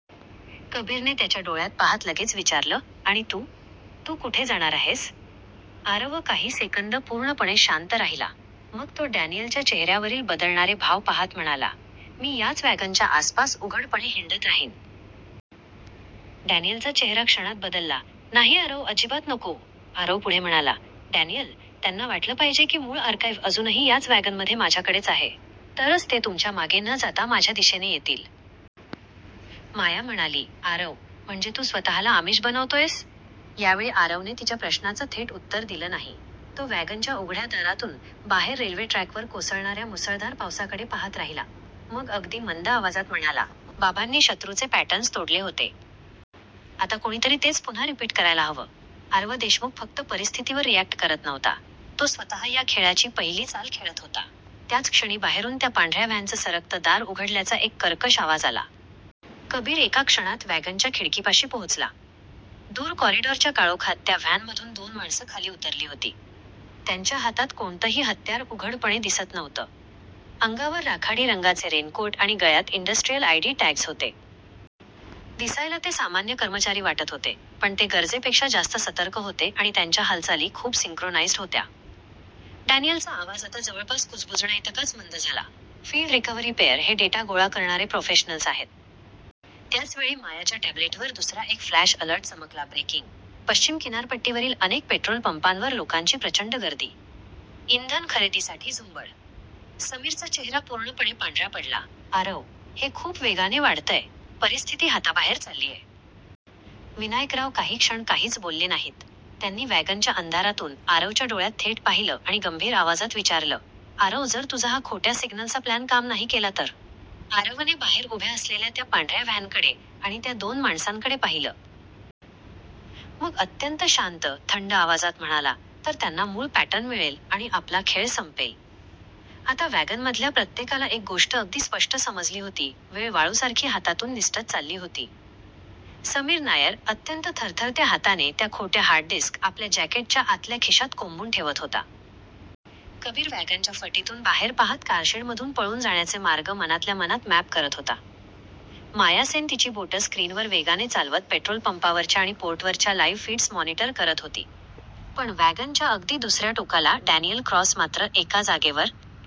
कबीरने त्याच्या डोळ्यात पाहत लगेच विचारलं, आणि तू? तू कुठे जाणार आहेस? आरव काही सेकंद पूर्णपणे शांत राहिला. मग तो डॅनियलच्या चेहऱ्यावरील बदलणारे भाव पाहत म्हणाला, "मी याच वॅगनच्या आसपास उघडपणे हिंडत राहीन." डॅनियलचा चेहरा क्षणात बदलला, "नाही आरव, अजिबात नको! " आरव पुढे म्हणाला, "डॅनियल, त्यांना वाटलं पाहिजे की मूळ आर्काइव्ह अजूनही याच वॅगनमध्ये, माझ्याकडेच आहे. तरच ते तुमच्या मागे न जाता माझ्या दिशेने येतील." माया म्हणाली, "आरव, म्हणजे तू स्वतःला आमिष बनवतोयस? " यावेळी आरवने तिच्या प्रश्नाचं थेट उत्तर दिलं नाही. तो वॅगनच्या उघड्या दारातून बाहेर रेल्वे ट्रॅकवर कोसळणाऱ्या मुसळधार पावसाकडे पाहत राहिला. मग अगदी मंद आवाजात म्हणाला, "बाबांनी शत्रूचे पॅटर्न्स तोडले होते. आता कोणीतरी तेच पुन्हा रिपीट करायला हवं." आरव देशमुख फक्त परिस्थितीवर रिअॅक्ट करत नव्हता. तो स्वतः या खेळाची पहिली चाल खेळत होता. त्याच क्षणी बाहेरून त्या पांढऱ्या व्हॅनचं सरकतं दार उघडल्याचा एक कर्कश आवाज आला. कबीर एका क्षणात वॅगनच्या खिडकीपाशी पोहोचला. दूर कॉरिडॉरच्या काळोखात त्या व्हॅनमधून दोन माणसं खाली उतरली होती. त्यांच्या हातात कोणतंही हत्यार उघडपणे दिसत नव्हतं. अंगावर राखाडी रंगाचे रेनकोट आणि गळ्यात इंडस्ट्रियल आयडी टॅग्ज होते. दिसायला ते सामान्य कर्मचारी वाटत होते, पण ते गरजेपेक्षा जास्त सतर्क होते आणि त्यांच्या हालचाली खूप सिंक्रोनाइज्ड होत्या. डॅनियलचा आवाज आता जवळपास कुजबुजण्याइतकाच मंद झाला, "फील्ड रिकव्हरी पेअर हे डेटा गोळा करणारे प्रोफेशनल्स आहेत." त्याच वेळी मायाच्या टॅब्लेटवर दुसरा एक फ्लॅश अलर्ट चमकला ब्रेकिंग पश्चिम किनारपट्टीवरील अनेक पेट्रोल पंपांवर लोकांची प्रचंड गर्दी. इंधन खरेदीसाठी झुंबड. समीरचा चेहरा पूर्णपणे पांढरा पडला, "आरव, हे खूप वेगाने वाढतंय. परिस्थिती हाताबाहेर चाललीये." विनायकराव काही क्षण काहीच बोलले नाहीत. त्यांनी वॅगनच्या अंधारातून आरवच्या डोळ्यात थेट पाहिलं आणि गंभीर आवाजात विचारलं, "आरव, जर तुझा हा खोट्या सिग्नल्सचा प्लॅन काम नाही केला तर?" आरवने बाहेर उभ्या असलेल्या त्या पांढऱ्या व्हॅनकडे आणि त्या दोन माणसांकडे पाहिलं. मग अत्यंत शांत, थंड आवाजात म्हणाला, "तर त्यांना मूळ पॅटर्न मिळेल आणि आपला खेळ संपेल." आता वॅगनमधल्या प्रत्येकाला एक गोष्ट अगदी स्पष्ट समजली होती, वेळ वाळूसारखी हातातून निसटत चालली होती. समीर नायर अत्यंत थरथरत्या हाताने त्या खोट्या हार्डडिस्क आपल्या जॅकेटच्या आतल्या खिशात कोंबून ठेवत होता. कबीर वॅगनच्या फटीतून बाहेर पाहत कारशेडमधून पळून जाण्याचे मार्ग मनातल्या मनात मॅप करत होता. माया सेन तिची बोटं स्क्रीनवर वेगाने चालवत पेट्रोल पंपावरच्या आणि पोर्टवरच्या लाईव्ह फीड्स मॉनिटर करत होती. पण वॅगनच्या अगदी दुसऱ्या टोकाला डॅनियल क्रॉस मात्र एका जागेवर